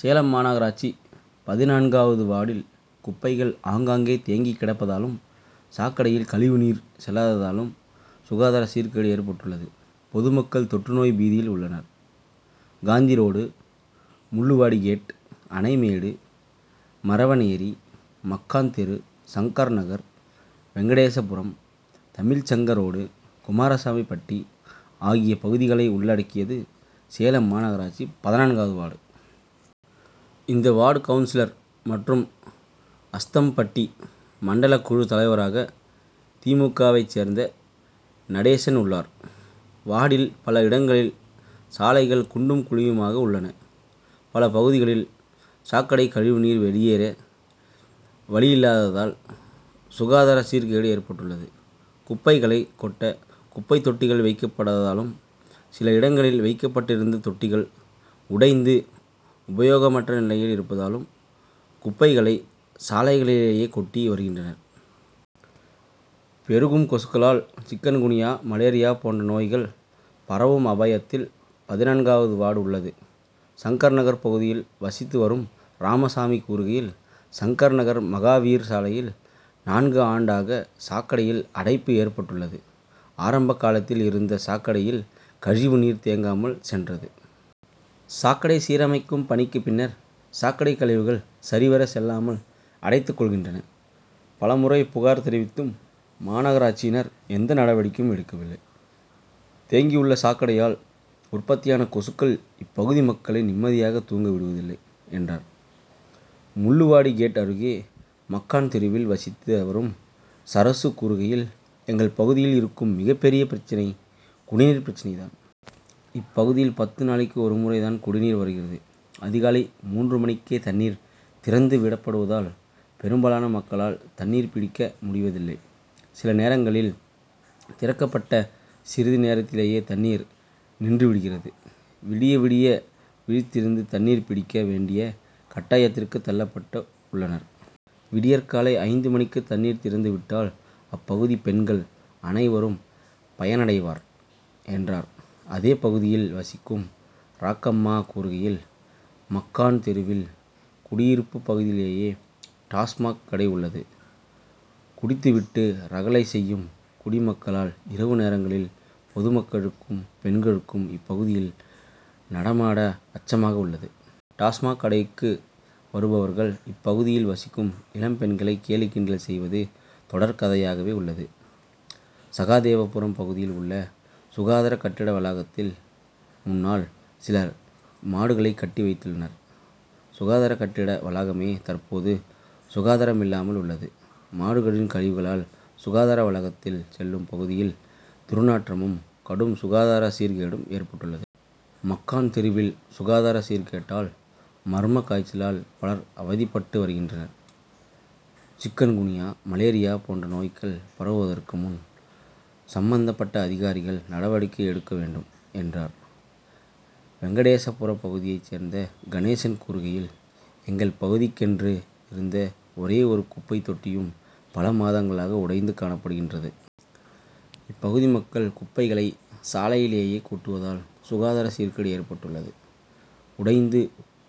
சேலம் மாநகராட்சி பதினான்காவது வார்டில் குப்பைகள் ஆங்காங்கே தேங்கி கிடப்பதாலும், சாக்கடையில் கழிவு நீர் செல்லாததாலும் சுகாதார சீர்கேடு ஏற்பட்டுள்ளது. பொதுமக்கள் தொற்று நோய் பீதியில் உள்ளனர். காந்தி ரோடு, முள்ளுவாடிகேட், அணைமேடு, மரவனேரி, மக்கான் தெரு, சங்கர் நகர், வெங்கடேச புரம், தமிழ்ச்சங்கம் ரோடு, குமாரசாமிப்பட்டி ஆகிய பகுதிகளை உள்ளடக்கியது சேலம் மாநாகராட்சி பதினான்காவது வார்டு. இந்த வார்டு கவுன்சிலர் மற்றும் அஸ்தம்பட்டி மண்டல குழு தலைவராக தி. மு. க.,வைச் சேர்ந்த நடேசன் உள்ளார். வார்டில் பல இடங்களில் சாலைகள் குண்டும், குழியுமாக உள்ளன. பல பகுதிகளில் சாக்கடை கழிவு நீர் வெளியேற வழியில்லாததால், சுகாதார சீர்கேடு ஏற்பட்டுள்ளது. குப்பைகளை கொட்ட குப்பை தொட்டிகள் வைக்கப்படாததாலும், சில இடங்களில் வைக்கப்பட்டிருந்த தொட்டிகள் உடைந்து, உபயோகமற்ற நிலையில் இருப்பதாலும் குப்பைகளை சாலைகளிலேயே கொட்டி வருகின்றனர். பெருகும் கொசுக்களால் சிக்குன்குனியா, மலேரியா போன்ற நோய்கள் பரவும் அபாயத்தில் பதினான்காவது வார்டு உள்ளது. சங்கர் நகர் பகுதியில் வசித்து வரும் ராமசாமி கூறுகையில், சங்கர் நகர் மகாவீர் சாலையில் நான்கு ஆண்டாக சாக்கடையில் அடைப்பு ஏற்பட்டுள்ளது. ஆரம்ப காலத்தில் இருந்த சாக்கடையில் கழிவு நீர் தேங்காமல் சென்றது. சாக்கடை சீரமைக்கும் பணிக்கு பின்னர் சாக்கடை கழிவுகள் சரிவர செல்லாமல் அடைத்து கொள்கின்றன. பல முறை புகார் தெரிவித்தும் மாநகராட்சியினர் எந்த நடவடிக்கையும் எடுக்கவில்லை. தேங்கி உள்ள சாக்கடையால் உற்பத்தியான கொசுக்கள் இப்பகுதி மக்களை நிம்மதியாக தூங்க விடுவதில்லை,'' என்றார். முள்ளுவாடி கேட் அருகே மக்கான் தெருவில் வசித்து வரும் சரசு கூறுகையில், ""எங்கள் பகுதியில் இருக்கும் மிகப்பெரிய பிரச்னை குடிநீர் பிரச்னை தான். இப்பகுதியில் பத்து நாளைக்கு ஒரு முறை தான் குடிநீர் வருகிறது. அதிகாலை மூன்று மணிக்கே தண்ணீர் திறந்து விடப்படுவதால், பெரும்பாலான மக்களால் தண்ணீர் பிடிக்க முடிவதில்லை. சில நேரங்களில் திறக்கப்பட்ட சிறிது நேரத்திலேயே தண்ணீர் நின்றுவிடுகிறது. விடிய, விடிய விழித்திருந்து தண்ணீர் பிடிக்க வேண்டிய கட்டாயத்திற்கு தள்ளப்பட்டு உள்ளனர். விடியற்காலை ஐந்து மணிக்கு தண்ணீர் திறந்து விட்டால் இப்பகுதி பெண்கள் அனைவரும் பயனடைவர், என்றார். அதே பகுதியில் வசிக்கும் ராக்கம்மா கூறுகையில், மக்கான் தெருவில் குடியிருப்பு பகுதிகளிலேயே டாஸ்மாக் கடை உள்ளது. குடித்து விட்டு ரகளை செய்யும் "குடி'மகன்களால் இரவு நேரங்களில் பொதுமக்களும், பெண்களும் இப்பகுதியில் நடமாட அச்சமாக உள்ளது. டாஸ்மாக் கடைக்கு வருபவர்கள் இப்பகுதியில் வசிக்கும் இளம்பெண்களை கேலி, கிண்டல் செய்வது தொடர்கதையாகவே உள்ளது. சகாதேவபுரம் பகுதியில் உள்ள சுகாதார கட்டிட வளாகத்தின் முன்னால் சிலர் மாடுகளை கட்டி வைத்துள்ளனர். சுகாதார கட்டிட வளாகமே தற்போது சுகாதாரமில்லாமல் உள்ளது. மாடுகளின் கழிவுகளால் சுகாதார வளாகத்திற்கு செல்லும் பகுதியில் துர்நாற்றமும், கடும் சுகாதார சீர்கேடும் ஏற்பட்டுள்ளது. மக்கான் தெருவில் சுகாதார சீர்கேட்டால், மர்ம காய்ச்சலால் பலர் அவதிப்பட்டு வருகின்றனர். சிக்குன் குனியா, மலேரியா போன்ற நோய்கள் பரவுவதற்கு முன், சம்மபந்தப்பட்ட அதிகாரிகள் நடவடிக்கை எடுக்க வேண்டும், என்றார். வெங்கடேசபுரம் பகுதியைச் சேர்ந்த கணேசன் கூறுகையில், எங்கள் பகுதிக்கென்று இருந்த ஒரேயொரு குப்பைத் தொட்டியும் பல மாதங்களாக உடைந்து காணப்படுகிறது. இப்பகுதி மக்கள் குப்பைகளை சாலைகளிலேயே கொட்டுவதால், சுகாதார சீர்கேடு ஏற்பட்டுள்ளது. உடைந்து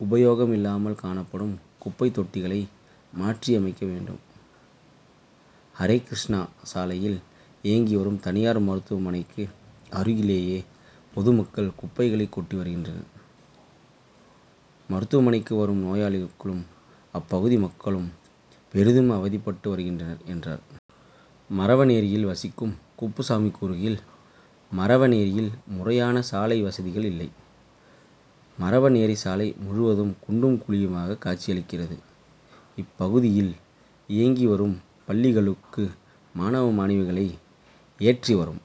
உபயோகமில்லாமல் காணப்படும் குப்பைத்தொட்டிகளை மாற்றியமைக்க வேண்டும். ""ஹரே கிருஷ்ண சாலையில் இயங்கி வரும் தனியார் மருத்துவமனைக்கு அருகிலேயே பொதுமக்கள் குப்பைகளை கொட்டி வருகின்றனர். மருத்துவமனைக்கு வரும் நோயாளிகளும், அப்பகுதி மக்களும் பெரிதும் அவதிப்பட்டு வருகின்றனர்,'' என்றார். மரவனேரியில் வசிக்கும் குப்புசாமி கூறுகையில், ""மரவனேரியில் முறையான சாலை வசதிகள் இல்லை. மரவனேரி சாலை முழுவதும் குண்டும் குழியுமாக காட்சியளிக்கிறது. இப்பகுதியில் இயங்கி வரும் பள்ளிகளுக்கு மாணவ, மாணவிகளை ஏற்றி வரும்